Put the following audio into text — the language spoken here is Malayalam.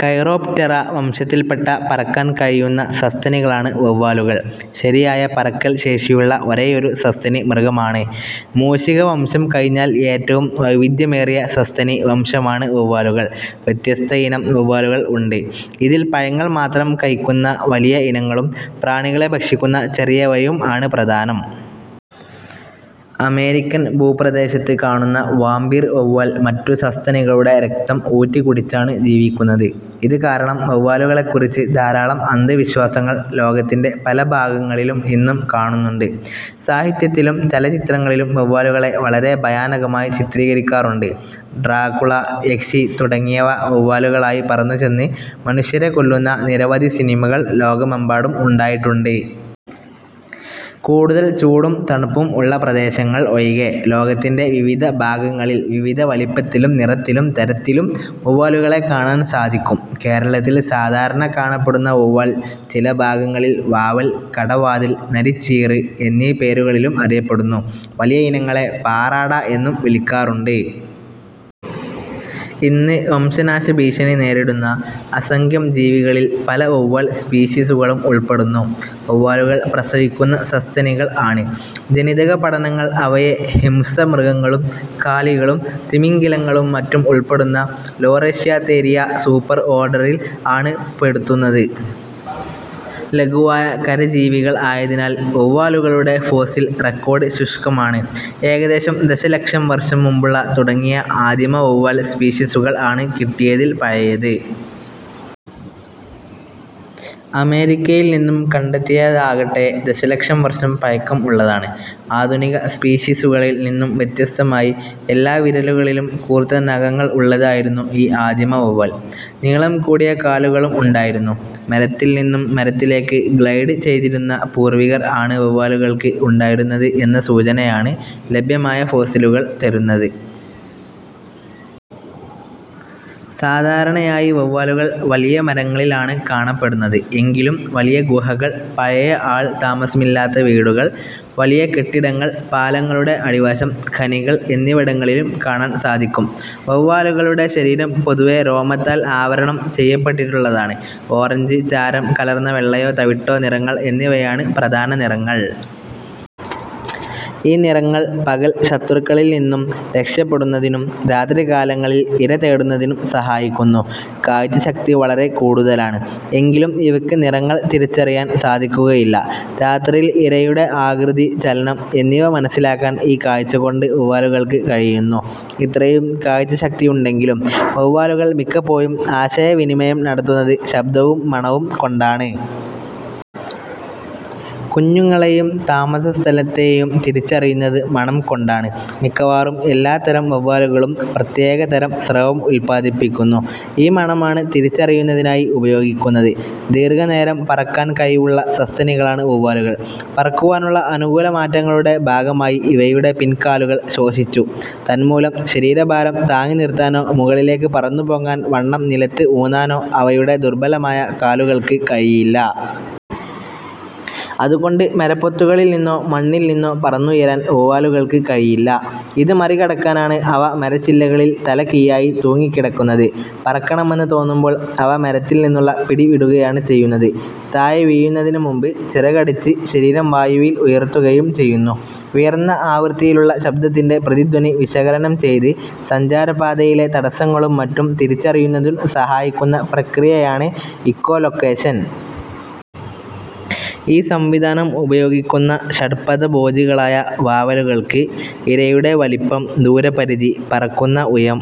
കൈറോപ്റ്റെറ വംശത്തിൽപ്പെട്ട പറക്കാൻ കഴിയുന്ന സസ്തനികളാണ് വവ്വാലുകൾ. ശരിയായ പറക്കൽ ശേഷിയുള്ള ഒരേയൊരു സസ്തനി മൃഗമാണ്. മൂഷികവംശം കഴിഞ്ഞാൽ ഏറ്റവും വൈവിധ്യമേറിയ സസ്തനി വംശമാണ് വവ്വാലുകൾ. വ്യത്യസ്ത ഇനം വവ്വാലുകൾ ഉണ്ട്. ഇതിൽ പഴങ്ങൾ മാത്രം കഴിയ്ക്കുന്ന വലിയ ഇനങ്ങളും പ്രാണികളെ ഭക്ഷിക്കുന്ന ചെറിയവയും ആണ് പ്രധാനം. അമേരിക്കൻ ഭുപ്രദേശത്ത് കാന്നുന്ന വാമ്പീർ വവ്വാൽ മറ്റു സസ്തനികളുടെ രക്തം ഊറ്റി കുടിച്ചാണു ജീവിക്കുന്നത്. ഇത് കാരണം, വവ്വാലുകളെക്കുറിച്ച് ധാരാളം അന്ധവിശ്വാസങ്ങൾ ലോകത്തിന്റെ പല ഭാഗങ്ങളിലും ഇന്നും കാണുന്നുണ്ട്. സാഹിത്യത്തിലും ചലച്ചിത്രങ്ങളിലും വവ്വാലുകളെ വളരെ ഭയാനകമായി ചിത്രീകരിക്കാറുണ്ട്. ദ്രാക്കുള, യക്ഷി തുടങ്ങിയവ വവ്വാലുകളായി പറന്നുചെന്ന് മനുഷ്യരെ കൊല്ലുന്ന നിരവധി സിനിമകൾ ലോകമെമ്പാടും ഉണ്ടായിട്ടുണ്ട്. കൂടുതൽ ചൂടും, തണുപ്പും ഉള്ള പ്രദേശങ്ങൾ ഒഴികെ ലോകത്തിന്റെ വിവിധ ഭാഗങ്ങളിൽ വിവിധ വലിപ്പത്തിലും നിറത്തിലും തരത്തിലും വവ്വാലുകളെ കാണാൻ സാധിക്കും. കേരളത്തിൽ സാധാരണ കാണപ്പെടുന്ന വവ്വാൽ ചില ഭാഗങ്ങളിൽ വാവൽ, കടവാതിൽ, നരിച്ചീറ് എന്നീ പേരുകളിലും അറിയപ്പെടുന്നു. വലിയ ഇനങ്ങളെ പാറാട എന്നും വിളിക്കാറുണ്ട്. ഇന്ന് വംശനാശഭീഷണി നേരിടുന്ന അസംഖ്യം ജീവികളിൽ പല വവ്വാൽ സ്പീഷീസുകളും ഉൾപ്പെടുന്നു. വവ്വാലുകൾ പ്രസവിക്കുന്ന സസ്തനികൾ ആണ്. ജനിതകപഠനങ്ങൾ അവയെ ഹിംസ്രമൃഗങ്ങളും കാലികളും തിമിംഗിലങ്ങളും മറ്റും ഉൾപ്പെടുന്ന ലോറേഷ്യാതേരിയ സൂപ്പർഓർഡറിൽ ആണ് പെടുത്തുന്നത്. ലഘുവായ കരജീവികൾ ആയതിനാൽ വവ്വാലുകളുടെ ഫോസിൽ റെക്കോഡ് ശുഷ്കമാണ്. ഏകദേശം ദശലക്ഷം വർഷം മുൻപുള്ള, തുടങ്ങിയ ആദിമ വവ്വാൽ സ്പീഷീസുകൾ ആണ് കിട്ടിയതിൽ പഴയത്. അമേരിക്കയിൽ നിന്നും കണ്ടെത്തിയ ആകട്ടെ ദശലക്ഷം വർഷം പഴക്കം ഉള്ളതാണ്. ആധുനിക സ്പീഷീസുകളിൽ നിന്നും വ്യത്യസ്തമായി എല്ലാ വിരലുകളിലും കൂർത്ത നഖങ്ങൾ ഉള്ളത് ആയിരുന്നു ഈ ആദിമ വവ്വാൽ. നീളം കൂടിയ കാലുകളും ഉണ്ടായിരുന്നു. മരത്തിൽ നിന്നും മരത്തിലേക്ക് ഗ്ലൈഡ് ചെയ്തിരുന്ന പൂർവികർ ആണ് വവ്വാലുകൾക്ക് ഉണ്ടായിരുന്നത് എന്ന സൂചനയാണ് ലഭ്യമായ ഫോസിലുകൾ തരുന്നത്. സാധാരണയായി വവ്വാലുകൾ വലിയ മരങ്ങളിൽ ആണ് കാണപ്പെടുന്നത്. എങ്കിലും വലിയ ഗുഹകൾ, പഴയ ആൾ താമസമില്ലാത്ത വീടുകൾ, വലിയ കെട്ടിടങ്ങൾ, പാലങ്ങളുടെ അടിവശം, ഖനികൾ എന്നിവിടങ്ങളിലും കാണാൻ സാധിക്കും. വവ്വാലുകളുടെ ശരീരം പൊതുവേ രോമത്താൽ ആവരണം ചെയ്യപ്പെട്ടിട്ടുള്ളതാണ്. ഓറഞ്ച്, ചാരം കലർന്ന വെള്ളയോ തവിട്ടോ നിറങ്ങൾ എന്നിവയാണ് പ്രധാന നിറങ്ങൾ. ഈ നിറങ്ങൾ പകൽ ശത്രുക്കളിൽ നിന്നും രക്ഷപ്പെടുന്നതിനും രാത്രികാലങ്ങളിൽ ഇര തേടുന്നതിനും സഹായിക്കുന്നു. കാഴ്ചശക്തി വളരെ കൂടുതലാണ്. എങ്കിലും ഇവയ്ക്ക് നിറങ്ങൾ തിരിച്ചറിയാൻ സാധിക്കുകയില്ല. രാത്രിയിൽ ഇരയുടെ ആകൃതി, ചലനം എന്നിവ മനസ്സിലാക്കാൻ ഈ കാഴ്ചകൊണ്ട് വവ്വാലുകൾക്ക് കഴിയുന്നു. ഇത്രയും കാഴ്ചശക്തിയുണ്ടെങ്കിലും വവ്വാലുകൾ മിക്കപ്പോഴും ആശയവിനിമയം നടത്തുന്നത് ശബ്ദവും മണവും കൊണ്ടാണ്. കുഞ്ഞുങ്ങളെയും താമസസ്ഥലത്തെയും തിരിച്ചറിയുന്നത് മണം കൊണ്ടാണ്. മിക്കവാറും എല്ലാ തരം വവ്വാലുകളും പ്രത്യേക തരം സ്രവം ഉത്പാദിപ്പിക്കുന്നു. ഈ മണമാണ് തിരിച്ചറിയുന്നതിനായി ഉപയോഗിക്കുന്നത്. ദീർഘനേരം പറക്കാൻ കഴിവുള്ള സസ്തനികളാണ് വവ്വാലുകൾ. പറക്കുവാനുള്ള അനുകൂല മാറ്റങ്ങളുടെ ഭാഗമായി ഇവയുടെ പിൻകാലുകൾ ശോഷിച്ചു. തന്മൂലം ശരീരഭാരം താങ്ങിനിർത്താനോ മുകളിലേക്ക് പറന്നുപൊങ്ങാൻ വണ്ണം നിലത്ത് ഊന്നാനോ അവയുടെ ദുർബലമായ കാലുകൾക്ക് കഴിയില്ല. അതുകൊണ്ട് മരപ്പൊത്തുകളിൽനിന്നോ മണ്ണിൽ നിന്നോ പറന്നുയരാൻ വവ്വാലുകൾക്ക് കഴിയില്ല. ഇത് മറികടക്കാനാണ് അവ മരച്ചില്ലകളിൽ തലകീഴായി തൂങ്ങിക്കിടക്കുന്നത്. പറക്കണമെന്ന് തോന്നുമ്പോൾ അവ മരത്തിൽ നിന്നുള്ള പിടിവിടുകയാണ് ചെയ്യുന്നത്. താഴെ വീഴുന്നതിനുമുമ്പ് ചിറകടിച്ച് ശരീരം വായുവിൽ ഉയർത്തുകയും ചെയ്യുന്നു. ഉയർന്ന ആവൃത്തിയിലുള്ള ശബ്ദത്തിന്റെ പ്രതിധ്വനി വിശകലനം ചെയ്ത് സഞ്ചാരപാതയിലെ തടസ്സങ്ങളും മറ്റും തിരിച്ചറിയുന്നതിനു സഹായിക്കുന്ന പ്രക്രിയയാണ് ഇക്കോലൊക്കേഷൻ. ഈ സംവിധാനം ഉപയോഗിക്കുന്ന ഷഡ്പദഭോജികളായ വാവലുകൾക്ക് ഇരയുടെ വലിപ്പം, ദൂരപരിധി, പറക്കുന്ന ഉയം,